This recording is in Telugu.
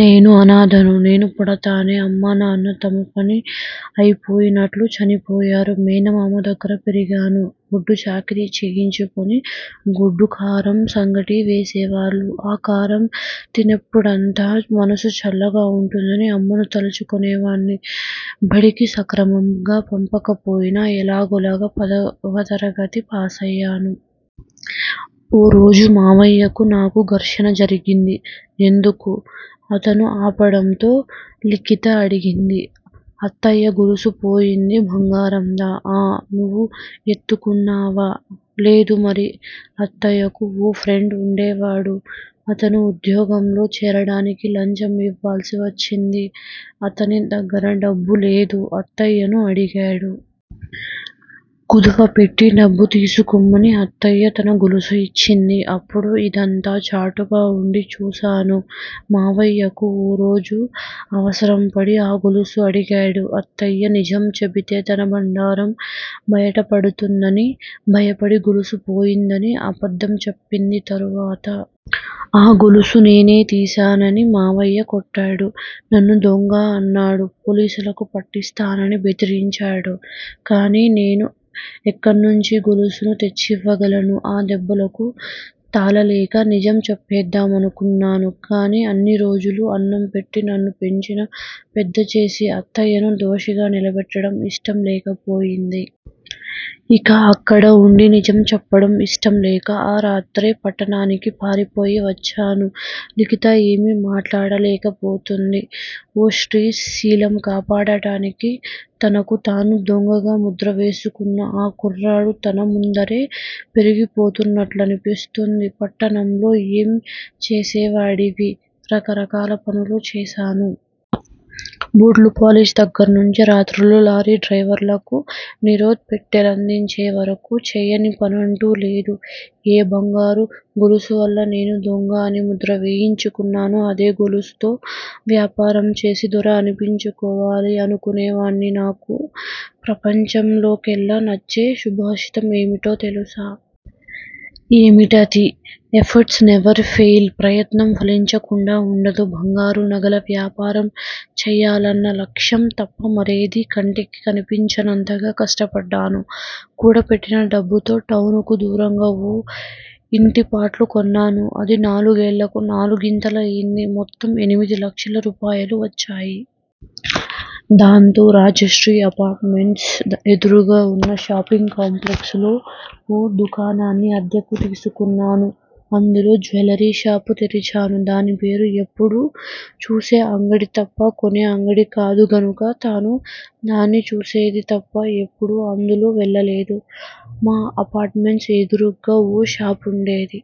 నేను అనాధను నేను పుడుతూనే అమ్మా నాన్న తమ పని అయిపోయినట్టు చనిపోయారు. మేనమామ దగ్గర పెరిగాను. గొడ్డుచాకిరీ చేయించుకుని గొడ్డుకారం, సంగటీ వేసేవాళ్ళు ఆ కారం తినేప్పుడంతా మనసు చల్లగా ఉంటుందని అమ్మను తలుచుకునే వాడ్ని బడికి సక్రమంగా పంపకపోయినా ఎలాగోలా పదవ తరగతి పాసయ్యాను. ఓరోజు మామయ్యకు, నాకూ ఘర్షణ జరిగింది ఎందుకు? అతను ఆపడంతో లిఖిత అడిగింది. అత్తయ్య గొలుసు పోయింది బంగారందా? ఆ నువ్వు ఎత్తుకున్నావా? లేదు మరి? అత్తయ్యకు ఓ ఫ్రెండ్ ఉండేవాడు. అతను ఉద్యోగంలో చేరడానికి లంచం ఇవ్వాల్సి వచ్చింది. అతని దగ్గర డబ్బులేదు! అత్తయ్యను అడిగాడు. కుదవపెట్టి డబ్బు తీసుకోమని అత్తయ్య తన గొలుసు ఇచ్చింది. అప్పుడు ఇదంతా చాటుగా ఉండి చూశాను మామయ్యకు ఓ రోజు అవసరం పడి ఆ గొలుసు అడిగాడు. అత్తయ్య నిజం చెబితే తన బండారం బయట పడుతుందని భయపడి గొలుసు పోయిందని అబద్దం చెప్పింది తరువాత? ఆ గొలుసు నేనే తీశానని మావయ్య కొట్టాడు. నన్ను దొంగ అన్నాడు. పోలీసులకు పట్టిస్తానని బెదిరించాడు. కాని నేను ఎక్కన్నుంచి గొలుసు తెచ్చివ్వగలను? ఆ దెబ్బలకు తాళలేక నిజం చెప్పేద్దామనుకున్నాను. కానీ అన్ని రోజులు అన్నం పెట్టి నన్ను పెంచి పెద్ద చేసిన అత్తయ్యను దోషిగా నిలబెట్టడం ఇష్టం లేకపోయింది. ఇక అక్కడ ఉండి నిజం చెప్పడం ఇష్టంలేక ఆ రాత్రే పట్నానికి పారిపోయి వచ్చాను లిఖిత ఏమీ మాట్లాడలేకపోతోంది. ఓ స్త్రీ శీలం కాపాడడానికి తనకు తాను దొంగగా ముద్ర వేసుకున్న ఆ కుర్రాడు తన ముందరే పెరిగిపోతున్నట్లనిపిస్తోంది. పట్నంలో ఏం చేసేవాడివి? రకరకాల పనులు చేశాను. బూట్ పాలిష్ దగ్గర్నుంచి రాత్రుళ్ళు లారీ డ్రయివర్లకు నిరోధ్ పెట్టెలందించే వరకు చేయని పనంటూ లేదు. ఏ బంగారు గొలుసువల్ల నేను దొంగ అని ముద్ర వేయించుకొన్నానో, అదే గొలుసులతో వ్యాపారం చేసి దొర అనిపించుకోవాలని అనుకునే వాడ్ని నాకు ప్రపంచంలో కెల్లా నచ్చే సుభాషితం ఏమిటో తెలుసా? ఏమిటది? ఎఫెర్ట్స్ నెవర్ ఫెయిల్' ప్రయత్నం ఫలించకుండా ఉండదు బంగారు నగల వ్యాపారం చేయాలన్న లక్ష్యం తప్ప మరేదీ కంటికి కనిపించనంతగా కష్టపడ్డాను. కూడబెట్టిన డబ్బుతో టౌనుకు దూరంగా ఓ ఇంటిప్లాటు కొన్నాను. అది నాలుగేళ్ళకు నాలుగింతలు అయింది. మొత్తం ఎనిమిది లక్షల రూపాయలు వచ్చాయి. దాంతో రాజశ్రీ అపార్ట్ మెంట్స్ ఎదురుగా ఉన్న షాపింగ్ కాంప్లెక్స్ లో ఓ దుకాణాన్ని అద్దెకు తీసుకొన్నాను. అందులో జ్యూయలరీ షాపు తెరిచాను. దాని పేరు ఎప్పుడూ చూసే అంగడి తప్ప కొనే అంగడి కాదు గనుక తనూ దాన్ని చూసేది తప్ప ఎప్పుడూ అందులోకి వెళ్ళలేదు. మా అపార్ట్ మెంట్స్ ఎదురుగ్గా ఓ షాపుండేది